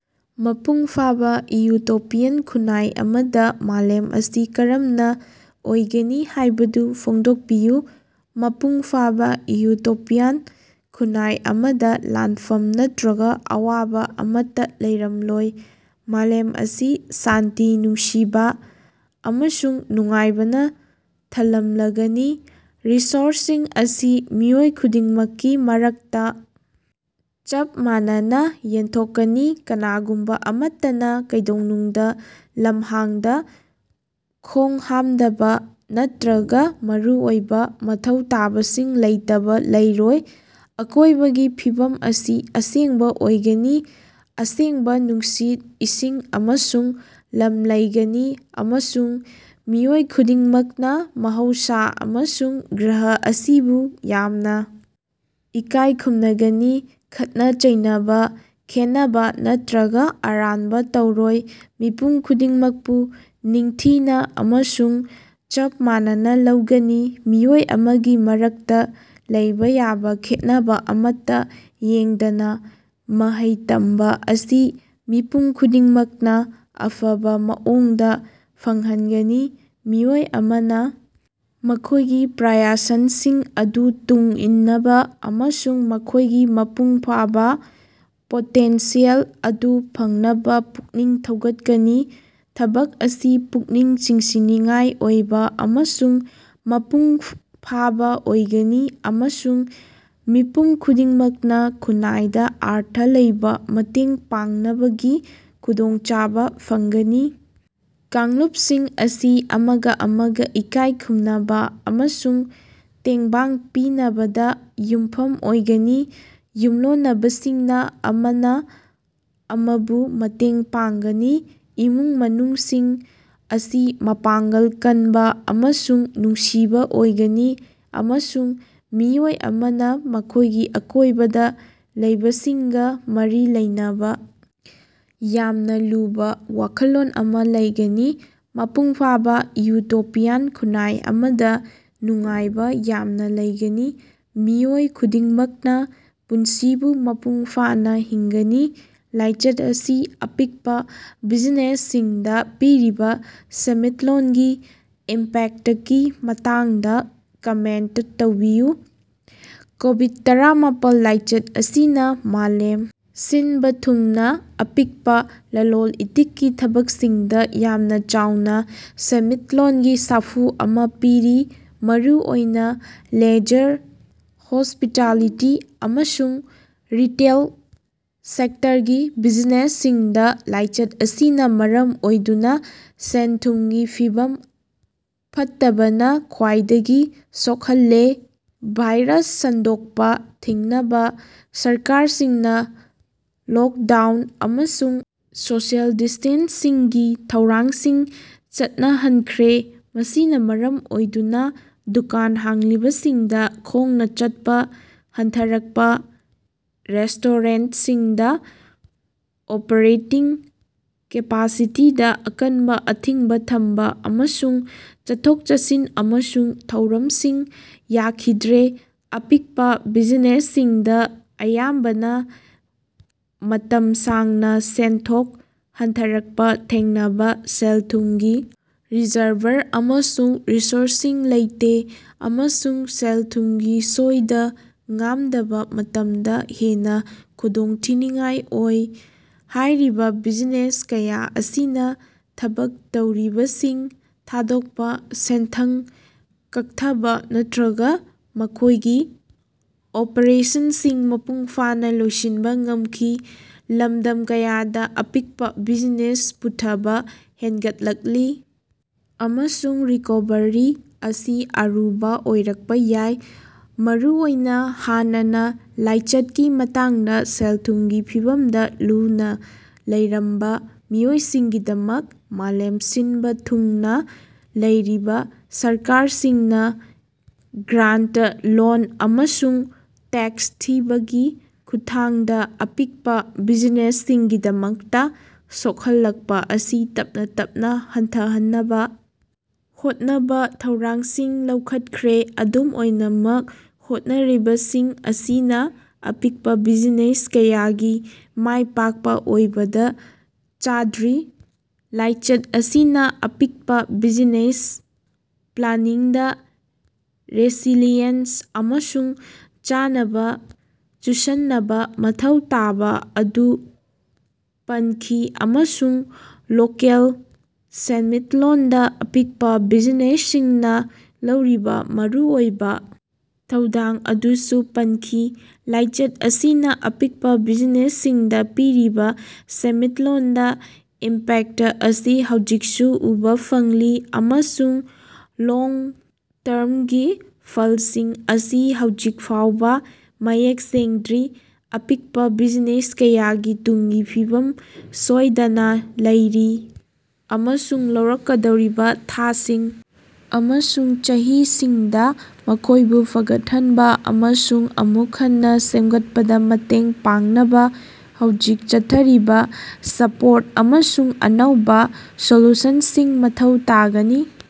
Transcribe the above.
ꯃꯄꯨꯡ ꯐꯥꯕꯥ ꯏꯎꯇꯣꯄꯤꯌꯥꯟ ꯈꯨꯟꯅꯥꯏ ꯑꯃꯗ ꯃꯥꯂꯦꯝ ꯑꯁꯤ ꯀꯔꯝꯅ ꯑꯣꯏꯒꯅꯤ ꯍꯥꯢꯕꯗꯨ ꯐꯣꯡꯗꯣꯛꯄꯤꯌꯨ꯫ ꯃꯄꯨꯡ ꯐꯥꯕ ꯏꯎꯇꯣꯄꯤꯌꯥꯟ ꯈꯨꯟꯅꯥꯏ ꯑꯃꯗ ꯂꯥꯟꯐꯝ ꯅꯠꯇ꯭ꯔꯒ ꯑꯋꯥꯕ ꯑꯃꯠꯇ ꯂꯩꯔꯝꯂꯣꯏ꯫ ꯃꯥꯂꯦꯝ ꯑꯁꯤ ꯁꯥꯟꯇꯤ, ꯅꯨꯡꯁꯤꯕꯥ ꯑꯃꯁꯨꯡ ꯅꯨꯡꯉꯥꯏꯕꯅ ꯊꯜꯂꯝꯂꯒꯅꯤ꯫ ꯔꯤꯁꯣꯔꯁꯁꯤꯡ ꯑꯁꯤ ꯃꯤꯑꯣꯏ ꯈꯨꯗꯤꯡꯃꯛꯀꯤ ꯃꯔꯛꯇꯥ ꯆꯞ ꯃꯥꯟꯅꯅ ꯌꯦꯟꯊꯣꯛꯀꯅꯤ ꯀꯅꯥꯒꯨꯝꯕ ꯑꯃꯠꯇꯅ ꯀꯩꯗꯧꯅꯨꯡꯗ ꯂꯝꯍꯥꯡꯗ ꯈꯣꯡꯍꯥꯝꯗꯕ ꯅꯠꯇ꯭ꯔꯒ ꯃꯔꯨꯑꯣꯏꯕ ꯃꯊꯧ ꯇꯥꯕꯁꯤꯡ ꯂꯩꯇꯕ ꯂꯩꯔꯣꯏ꯫ ꯑꯀꯣꯢꯕꯒꯤ ꯐꯤꯕꯝ ꯑꯁꯤ ꯑꯁꯦꯡꯕ ꯑꯣꯏꯒꯅꯤ ꯑꯁꯦꯡꯕ ꯅꯨꯡꯁꯤꯠ, ꯏꯁꯤꯡ ꯑꯃꯁꯨꯡ ꯂꯝ ꯂꯩꯒꯅꯤ ꯑꯃꯁꯨꯡ ꯃꯤꯑꯣꯏ ꯈꯨꯗꯤꯡꯃꯛꯅ ꯃꯍꯧꯁꯥ ꯑꯃꯁꯨꯡ ꯒ꯭ꯔꯍ ꯑꯁꯤꯕꯨ ꯌꯥꯝꯅ ꯏꯀꯥꯢ ꯈꯨꯝꯅꯒꯅꯤ꯫ ꯈꯠꯅ ꯆꯩꯅꯕ, ꯈꯦꯟꯅꯕꯥ ꯅꯠꯇ꯭ꯔꯒ ꯑꯔꯥꯟꯕ ꯇꯧꯔꯣꯏ꯫ ꯃꯤꯄꯨꯝ ꯈꯨꯗꯤꯡꯃꯛꯄꯨ ꯅꯤꯡꯊꯤꯅ ꯑꯃꯁꯨꯡ ꯆꯞ ꯃꯥꯟꯅꯅ ꯂꯧꯒꯅꯤ ꯃꯤꯑꯣꯏ ꯑꯃꯒꯤ ꯃꯔꯛꯇ ꯂꯩꯕꯥ ꯌꯥꯕ ꯈꯦꯠꯅꯕ ꯑꯃꯠꯇ ꯌꯦꯡꯗꯅ꯫ ꯃꯍꯩ ꯇꯝꯕ ꯑꯁꯤ ꯃꯤꯄꯨꯝ ꯈꯨꯗꯤꯡꯃꯛꯅ ꯑꯐꯕ ꯃꯑꯣꯡꯗ ꯐꯪꯍꯟꯒꯅꯤ ꯃꯤꯑꯣꯏ ꯑꯃꯅ ꯃꯈꯣꯢꯒꯤ ꯄ꯭ꯌꯥꯁꯟꯁꯤꯡ ꯑꯗꯨ ꯇꯨꯡ ꯏꯟꯅꯕ ꯑꯃꯁꯨꯡ ꯃꯈꯣꯢꯒꯤ ꯃꯄꯨꯡ ꯐꯥꯕ ꯄꯣꯇꯦꯟꯁꯤꯌꯦꯜ ꯑꯗꯨ ꯐꯪꯅꯕ ꯄꯨꯛꯅꯤꯡ ꯊꯧꯒꯠꯀꯅꯤ꯫ ꯊꯕꯛ ꯑꯁꯤ ꯄꯨꯛꯅꯤꯡ ꯆꯤꯡꯁꯤꯟꯅꯤꯡꯉꯥꯏ ꯑꯣꯏꯕ ꯑꯃꯁꯨꯡ ꯃꯄꯨꯡ ꯐꯥꯕ ꯑꯣꯏꯒꯅꯤ ꯑꯃꯁꯨꯡ ꯃꯤꯄꯨꯝ ꯈꯨꯗꯤꯡꯃꯛꯅ ꯈꯨꯟꯅꯥꯏꯗ ꯑꯔꯊ ꯂꯩꯕꯥ ꯃꯇꯦꯡ ꯄꯥꯡꯅꯕꯒꯤ ꯈꯨꯗꯣꯡꯆꯥꯕ ꯐꯪꯒꯅꯤ꯫ ꯀꯥꯡꯂꯨꯞꯁꯤꯡ ꯑꯁꯤ ꯑꯃꯒ ꯑꯃꯒ ꯏꯀꯥꯏ ꯈꯨꯝꯅꯕ ꯑꯃꯁꯨꯡ ꯇꯦꯡꯕꯥꯡ ꯄꯤꯅꯕꯗ ꯌꯨꯝꯐꯝ ꯑꯣꯏꯒꯅꯤ ꯌꯨꯝꯂꯣꯟꯅꯕꯁꯤꯡꯅ ꯑꯃꯅ ꯑꯃꯕꯨ ꯃꯇꯦꯡ ꯄꯥꯡꯒꯅꯤ ꯫ ꯏꯃꯨꯡ ꯃꯅꯨꯡꯁꯤꯡ ꯑꯁꯤ ꯃꯄꯥꯡꯒꯜ ꯀꯟꯕ ꯑꯃꯁꯨꯡ ꯅꯨꯡꯁꯤꯕ ꯑꯣꯏꯒꯅꯤ ꯑꯃꯁꯨꯡ ꯃꯤꯑꯣꯏ ꯑꯃꯅ ꯃꯈꯣꯢꯒꯤ ꯑꯀꯣꯢꯕꯗ ꯂꯩꯕꯁꯤꯡꯒ ꯃꯔꯤ ꯂꯩꯅꯕ ꯌꯥꯝꯅ ꯂꯨꯕ ꯋꯥꯈꯜꯂꯣꯟ ꯑꯃ ꯂꯩꯒꯅꯤ꯫ ꯃꯄꯨꯡ ꯐꯥꯕ ꯏꯎꯇꯣꯄꯤꯌꯥꯟ ꯈꯨꯟꯅꯥꯏ ꯑꯃꯗ ꯅꯨꯡꯉꯥꯏꯕ ꯌꯥꯝꯅꯥ ꯂꯩꯒꯅꯤ ꯃꯤꯑꯣꯏ ꯈꯨꯗꯤꯡꯃꯛꯅ ꯄꯨꯟꯁꯤꯕꯨ ꯃꯄꯨꯡ ꯐꯥꯅ ꯍꯤꯡꯒꯅꯤ꯫ ꯂꯥꯏꯆꯠ ꯑꯁꯤꯅ ꯑꯄꯤꯛꯄ ꯕꯤꯖꯤꯅꯦꯁꯁꯤꯡꯗ ꯄꯤꯔꯤꯕ ꯁꯦꯟꯃꯤꯠꯂꯣꯟꯒꯤ ꯏꯝꯄꯦꯛꯇꯀꯤ ꯃꯇꯥꯡꯗ ꯀꯃꯦꯟꯇ ꯇꯧꯕꯤꯌꯨ꯫ ꯀꯣꯕꯤꯗ-ꯇꯔꯥꯃꯥꯄꯜ ꯂꯥꯏꯆꯠ ꯑꯁꯤꯅ ꯃꯥꯂꯦꯝ ꯁꯤꯟꯕ ꯊꯨꯡꯅ ꯑꯄꯤꯛꯄ ꯂꯂꯣꯟ-ꯏꯇꯤꯛꯀꯤ ꯊꯕꯛꯁꯤꯡꯗ ꯌꯥꯝꯅ ꯆꯥꯎꯅ ꯁꯦꯟꯃꯤꯠꯂꯣꯟꯒꯤ ꯁꯥꯐꯨ ꯑꯃ ꯄꯤꯔꯤ꯫ ꯃꯔꯨꯑꯣꯏꯅ ꯂꯦꯖꯔ, ꯍꯣꯁ꯭ꯄꯤꯇꯥꯂꯤꯇꯤ ꯑꯃꯁꯨꯡ ꯔꯤꯇꯦꯜ ꯁꯦꯛꯇꯔꯒꯤ ꯕꯤꯖꯤꯅꯦꯁꯁꯤꯡꯗ ꯂꯥꯏꯆꯠ ꯑꯁꯤꯅ ꯃꯔꯝ ꯑꯣꯏꯗꯨꯅ ꯁꯦꯟ-ꯊꯨꯝꯒꯤ ꯐꯤꯕꯝ ꯐꯠꯇꯕꯅ ꯈ꯭ꯋꯥꯏꯗꯒꯤ ꯁꯣꯛꯍꯜꯂꯦ꯫ ꯚꯥꯏꯔꯁ ꯁꯟꯗꯣꯔꯛꯄ ꯊꯤꯡꯅꯕ ꯁꯔꯀꯥꯔꯁꯤꯡꯅ ꯂꯣꯛꯗꯥꯎꯟ ꯑꯃꯁꯨꯡ ꯁꯣꯁꯤꯑꯦꯜ ꯗꯤꯁꯇꯦꯟꯁꯤꯡꯒꯤ ꯊꯧꯔꯥꯡꯁꯤꯡ ꯆꯠꯅꯍꯟꯈ꯭ꯔꯦ ꯃꯁꯤꯅ ꯃꯔꯝ ꯑꯣꯏꯗꯨꯅ ꯗꯨꯀꯥꯟ ꯍꯥꯡꯂꯤꯕꯁꯤꯡꯗ ꯈꯣꯡꯅ ꯆꯠꯄ ꯍꯟꯊꯔꯛꯄ ꯔꯦꯁꯇꯣꯔꯦꯟꯇꯁꯤꯡꯗ ꯑꯣꯄꯔꯦꯇꯤꯡ ꯀꯦꯄꯥꯁꯤꯇꯤꯗꯥ ꯑꯀꯟꯕ ꯑꯊꯤꯡꯕ ꯊꯝꯕ ꯑꯃꯁꯨꯡ ꯆꯠꯊꯣꯛ-ꯆꯠꯁꯤꯟ ꯑꯃꯁꯨꯡ ꯊꯧꯔꯝꯁꯤꯡ ꯌꯥꯈꯤꯗ꯭ꯔꯦ ꯫ ꯑꯄꯤꯛꯄ ꯕꯤꯖꯤꯅꯦꯁꯁꯤꯡꯗ ꯑꯌꯥꯝꯕꯅ ꯃꯇꯝ ꯁꯥꯡꯅ ꯁꯦꯟꯊꯣꯛ ꯍꯟꯊꯔꯛꯄ ꯊꯦꯡꯅꯕ ꯁꯦꯜ-ꯊꯨꯝꯒꯤ ꯔꯤꯖꯔꯚꯔ ꯑꯃꯁꯨꯡ ꯔꯤꯁꯣꯔꯁꯁꯤꯡ ꯂꯩꯇꯦ ꯑꯃꯁꯨꯡ ꯁꯦꯜ-ꯊꯨꯝꯒꯤ ꯁꯣꯏꯗ-ꯉꯥꯝꯗꯕ ꯃꯇꯝꯗ ꯍꯦꯟꯅ ꯈꯨꯗꯣꯡꯊꯤꯅꯤꯡꯉꯥꯏ ꯑꯣꯏ꯫ ꯍꯥꯢꯔꯤꯕꯥ ꯕꯤꯖꯤꯅꯦꯁ ꯀꯌꯥ ꯑꯁꯤꯅ ꯊꯕꯛ ꯇꯧꯔꯤꯕꯁꯤꯡ ꯊꯥꯗꯣꯛꯄ, ꯁꯦꯟꯊꯪ ꯀꯛꯊꯕ ꯅꯠꯇ꯭ꯔꯒꯥ ꯃꯈꯣꯢꯒꯤ ꯑꯣꯄꯔꯦꯁꯟꯁꯤꯡ ꯃꯄꯨꯡ ꯐꯥꯅ ꯂꯣꯏꯁꯤꯟꯕ ꯉꯝꯈꯤ꯫ ꯂꯝꯗꯝ ꯀꯌꯥꯗ ꯑꯄꯤꯛꯄ ꯕꯤꯖꯤꯅꯦꯁ ꯄꯨꯊꯕ ꯍꯦꯟꯒꯠꯂꯛꯂꯤ ꯑꯃꯁꯨꯡ ꯔꯤꯀꯣꯚꯔꯤ ꯑꯁꯤ ꯑꯔꯨꯕꯥ ꯑꯣꯏꯔꯛꯄ ꯌꯥꯏ ꯃꯔꯨꯑꯣꯏꯅ ꯍꯥꯟꯅꯅꯥ ꯂꯥꯏꯆꯠꯀꯤ ꯃꯇꯥꯡꯗ ꯁꯦꯜ-ꯊꯨꯝꯒꯤ ꯐꯤꯚꯝꯗ ꯂꯨꯅ ꯂꯩꯔꯝꯕ ꯃꯤꯑꯣꯏꯁꯤꯡꯒꯤꯗꯃꯛ꯫ ꯃꯥꯂꯦꯝ ꯁꯤꯟꯕ ꯊꯨꯡꯅ ꯂꯩꯔꯤꯕ ꯁꯔꯀꯥꯔꯁꯤꯡꯅ ꯒ꯭ꯔꯥꯟꯇ, ꯂꯣꯟ ꯑꯃꯁꯨꯡ ꯇꯦꯛꯁ ꯊꯤꯕꯒꯤ ꯈꯨꯠꯊꯥꯡꯗ ꯑꯄꯤꯛꯄ ꯕꯤꯖꯤꯅꯦꯁꯁꯤꯡꯒꯤꯗꯃꯛꯇ ꯁꯣꯛꯍꯜꯂꯛꯄ ꯑꯁꯤ ꯇꯞꯅ ꯇꯞꯅ ꯍꯟꯊꯍꯟꯅꯕ ꯍꯣꯠꯅꯕ ꯊꯧꯔꯥꯡꯁꯤꯡ ꯂꯧꯈꯠꯈ꯭ꯔꯦ꯫ ꯑꯗꯨꯝ ꯑꯣꯏꯅꯃꯛ ꯍꯣꯠꯅꯔꯤꯕꯁꯤꯡ ꯑꯁꯤꯅ ꯑꯄꯤꯛꯄ ꯕꯤꯖꯤꯅꯦꯁ ꯀꯌꯥꯒꯤ ꯃꯥꯏꯄꯥꯛꯄ ꯑꯣꯏꯕꯗ ꯆꯥꯗ꯭ꯔꯤ꯫ ꯂꯥꯏꯆꯠ ꯑꯁꯤꯅ ꯑꯄꯤꯛꯄ ꯕꯤꯖꯤꯅꯦꯁ ꯄ꯭ꯂꯥꯅꯤꯡꯗ ꯔꯦꯁꯤꯂꯤꯌꯦꯟꯁ ꯑꯃꯁꯨꯡ ꯆꯥꯅꯕ ꯆꯨꯁꯟꯅꯕ ꯃꯊꯧ ꯇꯥꯕ ꯑꯗꯨ ꯄꯟꯈꯤ ꯑꯃꯁꯨꯡ ꯂꯣꯀꯦꯜ ꯁꯦꯟꯃꯤꯠꯂꯣꯟꯗ ꯑꯄꯤꯛꯄ ꯕꯤꯖꯤꯅꯦꯁꯁꯤꯡꯅ ꯂꯧꯔꯤꯕ ꯃꯔꯨꯑꯣꯏꯕꯥ ꯊꯧꯗꯥꯡ ꯑꯗꯨꯁꯨ ꯄꯟꯈꯤ꯫ ꯂꯥꯏꯆꯠ ꯑꯁꯤꯅ ꯑꯄꯤꯛꯄ ꯕꯤꯖꯤꯅꯦꯁꯁꯤꯡꯗ ꯄꯤꯔꯤꯕ ꯁꯦꯟꯃꯤꯠꯂꯣꯟꯗ ꯏꯝꯄꯦꯛꯇ ꯑꯁꯤ ꯍꯧꯖꯤꯛꯁꯨ ꯎꯕꯥ ꯐꯪꯂꯤ ꯑꯃꯁꯨꯡ ꯂꯣꯡ ꯇꯔ꯭ꯃꯒꯤ ꯐꯜꯁꯤꯡ ꯑꯁꯤ ꯍꯧꯖꯤꯛ ꯐꯥꯎꯕ ꯃꯌꯦꯛ ꯁꯦꯡꯗ꯭ꯔꯤ꯫ ꯑꯄꯤꯛꯄ ꯕꯤꯖꯤꯅꯦꯁ ꯀꯌꯥꯒꯤ ꯇꯨꯡꯒꯤ ꯐꯤꯕꯝ ꯁꯣꯏꯗꯅꯥ ꯂꯩꯔꯤ ꯑꯃꯁꯨꯡ ꯂꯥꯛꯀꯗꯧꯔꯤꯕꯥ ꯊꯥꯁꯤꯡ ꯑꯃꯁꯨꯡ ꯆꯍꯤꯁꯤꯡꯗꯥ ꯃꯈꯣꯢꯕꯨ ꯐꯒꯠꯍꯟꯕ ꯑꯃꯁꯨꯡ ꯑꯃꯨꯛ ꯍꯟꯅ ꯁꯦꯝꯒꯠꯄꯗ ꯃꯇꯦꯡ ꯄꯥꯡꯅꯕ ꯍꯧꯖꯤꯛ ꯆꯠꯊꯔꯤꯕ ꯁꯄꯣꯔꯠ ꯑꯃꯁꯨꯡ ꯑꯅꯧꯕꯥ ꯁꯣꯂꯨꯁꯟꯁꯤꯡ ꯃꯊꯧ ꯇꯥꯒꯅꯤ꯫